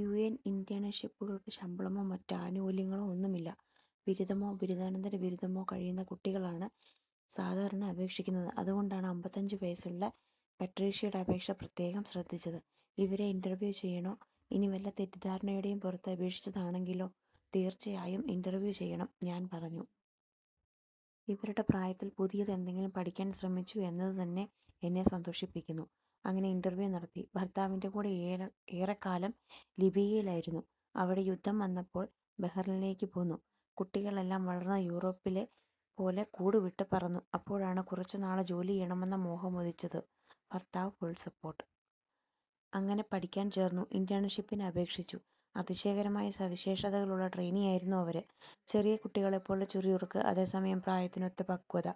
UN ഇന്റേണ്ഷിപ്പുകള്ക്ക് ശമ്പളമോ മറ്റ് ആനുകൂല്യങ്ങളോ ഒന്നുമില്ല. ബിരുദമോ ബിരുദാനന്തര ബിരുദമോ കഴിയുന്ന കുട്ടികളാണ് സാധാരണ അപേക്ഷിക്കുന്നത്. അതുകൊണ്ടാണ് അമ്പത്തിയഞ്ചു വയസ്സുള്ള പട്രീഷ്യയുടെ അപേക്ഷ പ്രത്യേകം ശ്രദ്ധിച്ചത്. 'ഇവരെ ഇന്റര്വ്യൂ ചെയ്യണോ. ഇനി വല്ല തെറ്റിദ്ധാരണയുടെയും പുറത്ത് അപേക്ഷിച്ചതാണെങ്കിലോ. ' 'തീര്ച്ചയായും ഇന്റര്വ്യൂ ചെയ്യണം'ഞാന് പറഞ്ഞു. ഇവരുടെ പ്രായത്തില് പുതിയത് എന്തെങ്കിലും പഠിക്കാന് ശ്രമിച്ചു എന്നതുതന്നെ എന്നെ സന്തോഷിപ്പിക്കുന്നു. അങ്ങനെ ഇന്റര്വ്യൂ നടത്തി. ഭര്ത്താവിന്റെ കൂടെ ഏറെക്കാലം ലിബിയയിലായിരുന്നു. അവിടെ യുദ്ധം വന്നപ്പോള് ബഹറിനിലേക്ക് പോന്നു. കുട്ടികളെല്ലാം വളര്ന്ന് യൂറോപ്പിലെ പോലെ കൂടുവിട്ട് പറന്നു. അപ്പോഴാണ് കുറച്ചുനാള് ജോലിചെയ്യണമെന്ന മോഹമുദിച്ചത്. ഭര്ത്താവ് ഫുള് സപ്പോര്ട്ട്. അങ്ങനെ പഠിക്കാന് ചേര്ന്നു, ഇന്റേണ്ഷിപ്പിന് അപേക്ഷിച്ചു. അതിശയകരമായ സവിശേഷതകളുള്ള ട്രെയിനിയായിരുന്നു അവര്. ചെറിയ കുട്ടികളെപ്പോലെ ചുറുചുറുക്ക്, അതേസമയം പ്രായത്തിനൊത്ത പക്വത.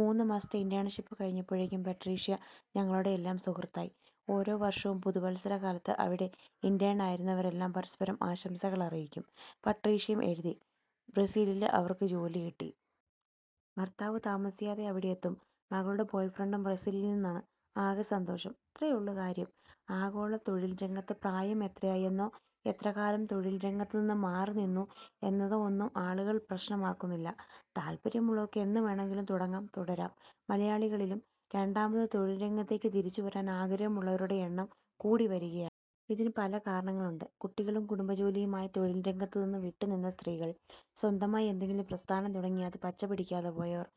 മൂന്നുമാസത്തെ ഇന്റേണ്ഷിപ്പ് കഴിഞ്ഞപ്പോഴേക്കും പട്രീഷ്യ ഞങ്ങളുടെയെല്ലാം സുഹൃത്തായി. ഓരോ വര്ഷവും പുതുവത്സരകാലത്ത് അവിടെ ഇന്റേണ് ആയിരുന്നവരെല്ലാം പരസ്പരം ആശംസകള് അറിയിക്കും. പട്രീഷ്യയും എഴുതി, ബ്രസീലില് അവര്ക്ക് ജോലി കിട്ടി. ഭര്ത്താവ് താമസിയാതെ അവിടെയെത്തും. മകളുടെ ബോയ്ഫ്രണ്ടും ബ്രസീലില് നിന്നാണ്, ആകെ സന്തോഷം. ഇത്രയേ ഉള്ളു കാര്യം. ആഗോള തൊഴില്രംഗത്ത് പ്രായം എത്രയായി എന്നോ എത്രകാലം തൊഴില്രംഗത്തു നിന്ന് മാറിനിന്നു എന്നതോ ഒന്നും ആളുകള് പ്രശ്നമാക്കുന്നില്ല. താല്പര്യമുള്ളവര്ക്ക് എന്നുവേണമെങ്കിലും തുടങ്ങാം, തുടരാം. മലയാളികളിലും രണ്ടാമത് തൊഴില് രംഗത്തേക്ക് തിരിച്ചുവരാന് ആഗ്രഹമുള്ളവരുടെ എണ്ണം കൂടിവരികയാണ്. ഇതിന് പല കാരണങ്ങളുണ്ട്.. കുട്ടികളും കുടുംബജോലിയുമായി തൊഴില്രംഗത്തുനിന്ന് വിട്ടുനിന്ന സ്ത്രീകള്.. സ്വന്തമായി എന്തെങ്കിലും പ്രസ്ഥാനം തുടങ്ങി അത് പച്ചപിടിക്കാതെ പോയവര്..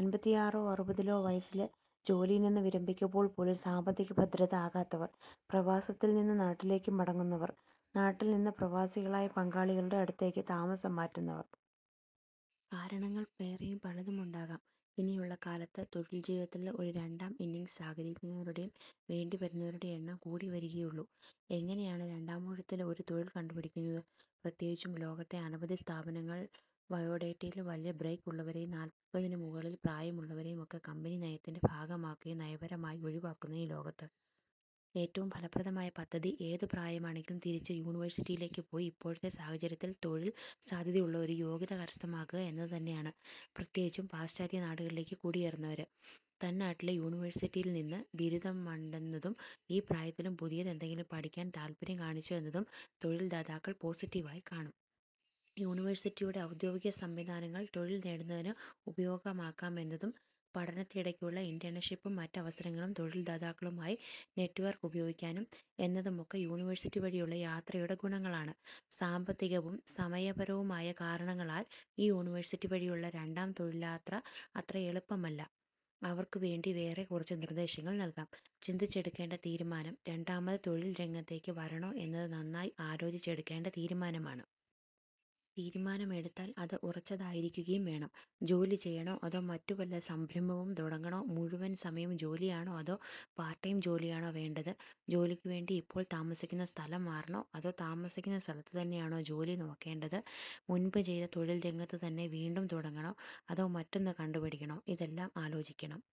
അന്പത്തിയാറോ അറുപതോ വയസ്സില് ജോലിയില് നിന്ന് വിരമിക്കുമ്പോള് പോലും സാമ്പത്തികഭദ്രത ആകാത്തവര്.. പ്രവാസത്തില് നിന്ന് നാട്ടിലേക്ക് മടങ്ങുന്നവര്.. നാട്ടില് നിന്ന് പ്രവാസികളായ പങ്കാളികളുടെ അടുത്തേക്ക് താമസം മാറ്റുന്നവര്. കാരണങ്ങള് വേറെയും പലതുമുണ്ടാകാം. ഇനിയുള്ള കാലത്ത് തൊഴില്ജീവിതത്തില് ഒരു രണ്ടാം ഇന്നിംഗ്സ് ആഗ്രഹിക്കുന്നവരുടെയും വേണ്ടിവരുന്നവരുടെയും എണ്ണം കൂടിവരികയേയുള്ളു. എങ്ങനെയാണ് രണ്ടാമൂഴത്തില് ഒരു തൊഴില് കണ്ടുപിടിക്കുന്നത്. പ്രത്യേകിച്ചും ലോകത്തെ അനവധി സ്ഥാപനങ്ങള് ബയോഡേറ്റയില് വലിയ ബ്രേക്ക് ഉള്ളവരെയും, നാല്പതിനു മുകളില് പ്രായമുള്ളവരെയും ഒക്കെ കമ്പനിനയത്തിന്റെ ഭാഗമായും നയപരമായും ഒഴിവാക്കാവുന്ന ലോകത്ത്. ഏറ്റവും ഫലപ്രദമായ പദ്ധതി ഏതു പ്രായമാണെങ്കിലും തിരിച്ച് യൂണിവേഴ്സിറ്റിയിലേക്ക് പോയി ഇപ്പോഴത്തെ സാഹചര്യത്തില് തൊഴില് സാധ്യതയുള്ള ഒരു യോഗ്യത കരസ്ഥമാക്കുക എന്നത് തന്നെയാണ്. പ്രത്യേകിച്ചും പാശ്ചാത്യനാടുകളിലേക്ക് കുടിയേറുന്നവര്. തന്നാട്ടിലെ യൂണിവേഴ്സിറ്റിയില് നിന്ന് ബിരുദമെണ്ടെന്നതും ഈ പ്രായത്തിലും പുതിയത് എന്തെങ്കിലും പഠിക്കാന് താല്പര്യം കാണിച്ചു എന്നതും തൊഴില്ദാതാക്കള് പോസിറ്റിവായി കാണും. യൂണിവേഴ്സിറ്റിയുടെ ഔദ്യോഗിക സംവിധാനങ്ങള് തൊഴില് തേടുന്നതിന് ഉപയോഗിക്കാമെന്നതും, പഠനത്തിനിടക്കുള്ള ഇന്റേണ്ഷിപ്പും മറ്റവസരങ്ങളും തൊഴില്ദാതാക്കളുമായി നെറ്റ്വര്ക്ക് ചെയ്യാനുപയോഗിക്കാം എന്നതുമൊക്കെ യൂണിവേഴ്സിറ്റി വഴിയുള്ള യാത്രയുടെ ഗുണങ്ങളാണ്. സാമ്പത്തികവും സമയപരവുമായ കാരണങ്ങളാല് ഈ യൂണിവേഴ്സിറ്റി വഴിയുള്ള രണ്ടാം തൊഴില്യാത്ര അത്ര എളുപ്പമല്ല. അവര്ക്ക് വേണ്ടി വേറെ കുറച്ച് നിര്ദ്ദേശങ്ങള് നല്കാം. ചിന്തിച്ച് എടുക്കേണ്ട തീരുമാനം രണ്ടാമത് തൊഴില്രംഗത്തേക്ക് വരണോ എന്നത് നന്നായി ആലോചിച്ചെടുക്കേണ്ട തീരുമാനമാണ്. തീരുമാനമെടുത്താല് അത് ഉറച്ചതായിരിക്കുകയും വേണം. ജോലി ചെയ്യണോ, അതോ മറ്റു വല്ല സംരംഭവും തുടങ്ങണോ, മുഴുവന് സമയ ജോലിയാണോ അതോ പാര്ട്ട് ടൈം ജോലിയാണോ വേണ്ടത്, ജോലിക്കു വേണ്ടി ഇപ്പോള് താമസിക്കുന്ന സ്ഥലം മാറണോ അതോ താമസിക്കുന്ന സ്ഥലത്തു തന്നെയാണോ ജോലി നോക്കേണ്ടത്, മുന്പ് ചെയ്ത തൊഴില്രംഗത്തു തന്നെ വീണ്ടും തുടങ്ങണോ, അതോ മറ്റൊന്ന് കണ്ടുപിടിക്കണോ ഇതെല്ലാം ആലോചിക്കണം.